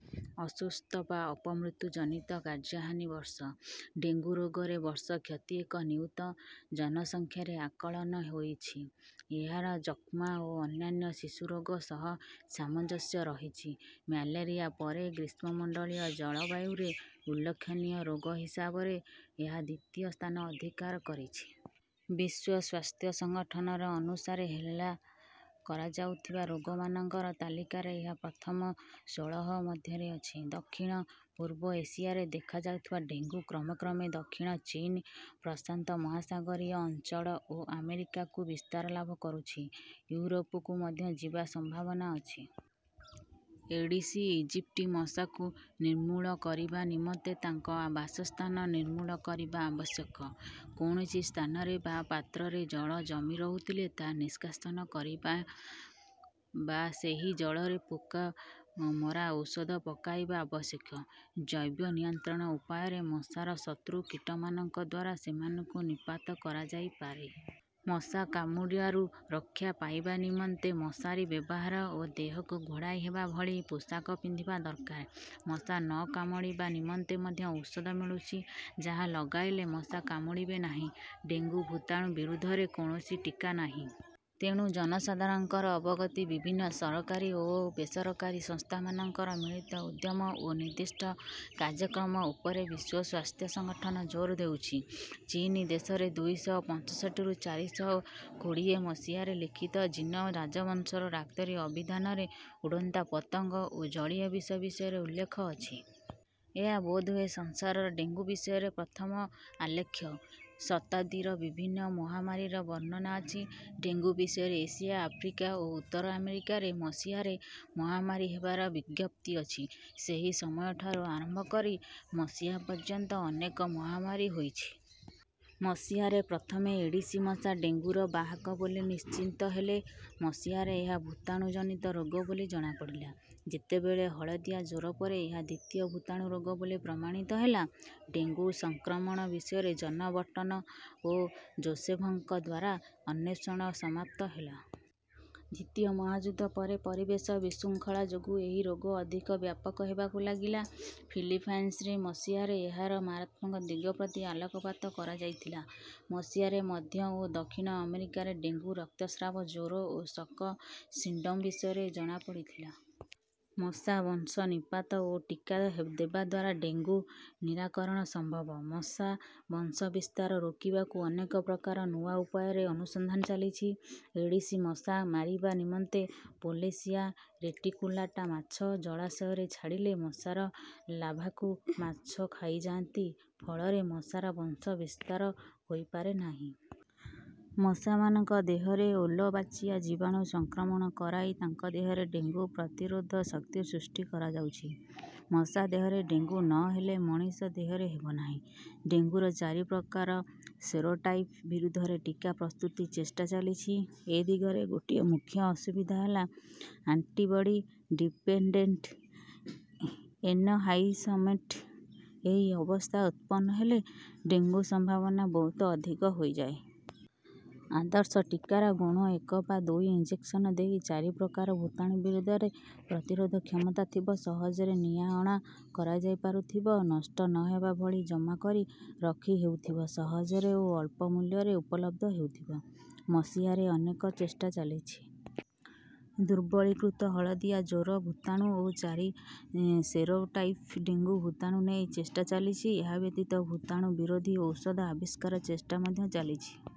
ଅସୁସ୍ଥ ବା ଅପମୃତ୍ୟୁ ଜନିତ କାର୍ଯ୍ୟହାନି ବର୍ଷ। ଡେଙ୍ଗୁ ରୋଗରେ ବର୍ଷ କ୍ଷତି ଏକ ନିୟୁତ ଜନସଂଖ୍ୟାରେ ଆକଳନ ହୋଇଛି। ଏହାର ଯକ୍ଷ୍ମା ଓ ଅନ୍ୟାନ୍ୟ ଶିଶୁରୋଗ ସହ ସାମଞ୍ଜସ୍ୟ ରହିଛି। ମ୍ୟାଲେରିଆ ପରେ ଗ୍ରୀଷ୍ମମଣ୍ଡଳୀୟ ଜଳବାୟୁରେ ଉଲ୍ଲେଖନୀୟ ରୋଗ ହିସାବରେ ଏହା ଦ୍ୱିତୀୟ ସ୍ଥାନ ଅଧିକାର କରିଛି। ବିଶ୍ୱ ସ୍ୱାସ୍ଥ୍ୟ ସଂଗଠନ ଅନୁସାରେ ହେଳା କରାଯାଉଥିବା ରୋଗମାନଙ୍କର ତାଲିକାରେ ଏହା ପ୍ରଥମ ଷୋହଳ ମଧ୍ୟରେ ଅଛି। ଦକ୍ଷିଣ ପୂର୍ବ ଏସିଆରେ ଦେଖାଯାଉଥିବା ଡେଙ୍ଗୁ କ୍ରମେ କ୍ରମେ ଦକ୍ଷିଣ ଚୀନ ପ୍ରଶାନ୍ତ ମହାସାଗରୀୟ ଅଞ୍ଚଳ ଓ ଆମେରିକାକୁ ବିସ୍ତାର ଲାଭ କରୁଛି। ୟୁରୋପକୁ ମଧ୍ୟ ଯିବା ସମ୍ଭାବନା ଅଛି। ଏଡିସ ଇଜିପ୍ଟି ମଶାଙ୍କୁ ନିର୍ମୂଳ କରିବା ନିମନ୍ତେ ତାଙ୍କ ବାସସ୍ଥାନ ନିର୍ମୂଳ କରିବା ଆବଶ୍ୟକ। କୌଣସି ସ୍ଥାନରେ ବା ପାତ୍ରରେ ଜଳ ଜମି ରହୁଥିଲେ ତାହା ନିଷ୍କାସନ କରିବା ବା ସେହି ଜଳରେ ପୋକ ମରା ଔଷଧ ପକାଇବା ଆବଶ୍ୟକ। ଜୈବିକ ନିୟନ୍ତ୍ରଣ ଉପାୟରେ ମଶାର ଶତ୍ରୁ କୀଟମାନଙ୍କ ଦ୍ୱାରା ସେମାନଙ୍କୁ ନିପାତ କରାଯାଇପାରେ। ମଶା କାମୁଡ଼ାରୁ ରକ୍ଷା ପାଇବା ନିମନ୍ତେ ମଶାରୀ ବ୍ୟବହାର ଓ ଦେହକୁ ଘୋଡ଼ାଇ ହେବା ଭଳି ପୋଷାକ ପିନ୍ଧିବା ଦରକାର। ମଶା ନ କାମୁଡ଼ିବା ନିମନ୍ତେ ମଧ୍ୟ ଔଷଧ ମିଳୁଛି ଯାହା ଲଗାଇଲେ ମଶା କାମୁଡ଼ିବେ ନାହିଁ। ଡେଙ୍ଗୁ ଭୂତାଣୁ ବିରୁଦ୍ଧରେ କୌଣସି ଟିକା ନାହିଁ। ତେଣୁ ଜନସାଧାରଣଙ୍କର ଅବଗତି ବିଭିନ୍ନ ସରକାରୀ ଓ ବେସରକାରୀ ସଂସ୍ଥାମାନଙ୍କର ମିଳିତ ଉଦ୍ୟମ ଓ ନିର୍ଦ୍ଦିଷ୍ଟ କାର୍ଯ୍ୟକ୍ରମ ଉପରେ ବିଶ୍ୱ ସ୍ୱାସ୍ଥ୍ୟ ସଂଗଠନ ଜୋର ଦେଉଛି। ଚୀନ ଦେଶରେ ଦୁଇ ଶହ ପଞ୍ଚଷଠିରୁ ଚାରି ଶହ କୋଡ଼ିଏ ମସିହାରେ ଲିଖିତ ଜିନ ରାଜବଂଶର ଡାକ୍ତରୀ ଅଭିଧାନରେ ଉଡ଼ନ୍ତା ପତଙ୍ଗ ଓ ଜଳୀୟ ବିଷ ବିଷୟରେ ଉଲ୍ଲେଖ ଅଛି। ଏହା ବୋଧହୁଏ ସଂସାରର ଡେଙ୍ଗୁ ବିଷୟରେ ପ୍ରଥମ ଆଲେଖ୍ୟ। ଶତାବ୍ଦୀରେ ବିଭିନ୍ନ ମହାମାରୀର ବର୍ଣ୍ଣନା ଅଛି। ଡେଙ୍ଗୁ ବିଷୟରେ ଏସିଆ ଆଫ୍ରିକା ଓ ଉତ୍ତର ଆମେରିକାରେ ମସିହାରେ ମହାମାରୀ ହେବାର ବିଜ୍ଞପ୍ତି ଅଛି। ସେହି ସମୟଠାରୁ ଆରମ୍ଭ କରି ମସିହା ପର୍ଯ୍ୟନ୍ତ ଅନେକ ମହାମାରୀ ହୋଇଛି। ମସିହାରେ ପ୍ରଥମେ ଏଡିସ ମଶା ଡେଙ୍ଗୁର ବାହକ ବୋଲି ନିଶ୍ଚିତ ହେଲେ। ମସିହାରେ ଏହା ଭୂତାଣୁ ଜନିତ ରୋଗ ବୋଲି ଜଣାପଡ଼ିଲା। ସେତେବେଳେ ହଳଦିଆ ଜ୍ୱର ପରେ ଏହା ଦ୍ୱିତୀୟ ଭୂତାଣୁ ରୋଗ ବୋଲି ପ୍ରମାଣିତ ହେଲା। ଡେଙ୍ଗୁ ସଂକ୍ରମଣ ବିଷୟରେ ଜନ ବର୍ଟନ ଓ ଜୋସେଫଙ୍କ ଦ୍ୱାରା ଅନ୍ୱେଷଣ ସମାପ୍ତ ହେଲା। ଦ୍ୱିତୀୟ ମହାଯୁଦ୍ଧ ପରେ ପରିବେଶ ବିଶୃଙ୍ଖଳା ଯୋଗୁଁ ଏହି ରୋଗ ଅଧିକ ବ୍ୟାପକ ହେବାକୁ ଲାଗିଲା। ଫିଲିପାଇନ୍ସରେ ମସିହାରେ ଏହାର ମାରାତ୍ମକ ଦିଗ ପ୍ରତି ଆଲୋକପାତ କରାଯାଇଥିଲା। ମସିହାରେ ମଧ୍ୟ ଓ ଦକ୍ଷିଣ ଆମେରିକାରେ ଡେଙ୍ଗୁ ରକ୍ତସ୍ରାବ ଜ୍ୱର ଓ ସକ ସିଣ୍ଡ୍ରୋମ ବିଷୟରେ ଜଣାପଡ଼ିଥିଲା। ମଶା ବଂଶ ନିପାତ ଓ ଟିକା ଦେବା ଦ୍ୱାରା ଡେଙ୍ଗୁ ନିରାକରଣ ସମ୍ଭବ। ମଶା ବଂଶ ବିସ୍ତାର ରୋକିବାକୁ ଅନେକ ପ୍ରକାର ନୂଆ ଉପାୟର ଅନୁସନ୍ଧାନ ଚାଲିଛି। ଏଡିସ ମଶା ମାରିବା ନିମନ୍ତେ ପୋସେଲିଆ ରେଟିକୁଲାଟା ମାଛ ଜଳାଶୟରେ ଛାଡ଼ିଲେ ମଶାର ଲାର୍ଭାକୁ ମାଛ ଖାଇଯାଆନ୍ତି ଫଳରେ ମଶାର ବଂଶ ବିସ୍ତାର ହୋଇପାରେ ନାହିଁ। ମଶାମାନଙ୍କ ଦେହରେ ୱଲବାଚିଆ ଜୀବାଣୁ ସଂକ୍ରମଣ କରାଇ ତାଙ୍କ ଦେହରେ ଡେଙ୍ଗୁ ପ୍ରତିରୋଧ ଶକ୍ତି ସୃଷ୍ଟି କରାଯାଉଛି। ମଶା ଦେହରେ ଡେଙ୍ଗୁ ନ ହେଲେ ମଣିଷ ଦେହରେ ହେବ ନାହିଁ। ଡେଙ୍ଗୁର ଚାରି ପ୍ରକାର ସେରୋଟାଇପ ବିରୁଦ୍ଧରେ ଟିକା ପ୍ରସ୍ତୁତି ଚେଷ୍ଟା ଚାଲିଛି। ଏ ଦିଗରେ ଗୋଟିଏ ମୁଖ୍ୟ ଅସୁବିଧା ହେଲା ଆଣ୍ଟିବଡ଼ି ଡିପେଣ୍ଡେଣ୍ଟ ଏନହାନସମେଣ୍ଟ ଏହି ଅବସ୍ଥା ଉତ୍ପନ୍ନ ହେଲେ ଡେଙ୍ଗୁ ସମ୍ଭାବନା ବହୁତ ଅଧିକ ହୋଇଯାଏ। ଆଦର୍ଶ ଟିକାର ଗୁଣ ଏକ ବା ଦୁଇ ଇଞ୍ଜେକସନ ଦେଇ ଚାରି ପ୍ରକାର ଭୂତାଣୁ ବିରୁଦ୍ଧରେ ପ୍ରତିରୋଧ କ୍ଷମତା ଥିବ ସହଜରେ ନିଆଅଣା କରାଯାଇପାରୁଥିବ ନଷ୍ଟ ନ ହେବା ଭଳି ଜମା କରି ରଖିହେଉଥିବ ସହଜରେ ଓ ଅଳ୍ପ ମୂଲ୍ୟରେ ଉପଲବ୍ଧ ହେଉଥିବ। ମସିହାରେ ଅନେକ ଚେଷ୍ଟା ଚାଲିଛି। ଦୁର୍ବଳୀକୃତ ହଳଦିଆ ଜ୍ୱର ଭୂତାଣୁ ଓ ଚାରି ସେରୋଟାଇପ ଡେଙ୍ଗୁ ଭୂତାଣୁ ନେଇ ଚେଷ୍ଟା ଚାଲିଛି। ଏହା ବ୍ୟତୀତ ଭୂତାଣୁ ବିରୋଧୀ ଔଷଧ ଆବିଷ୍କାର ଚେଷ୍ଟା ମଧ୍ୟ ଚାଲିଛି।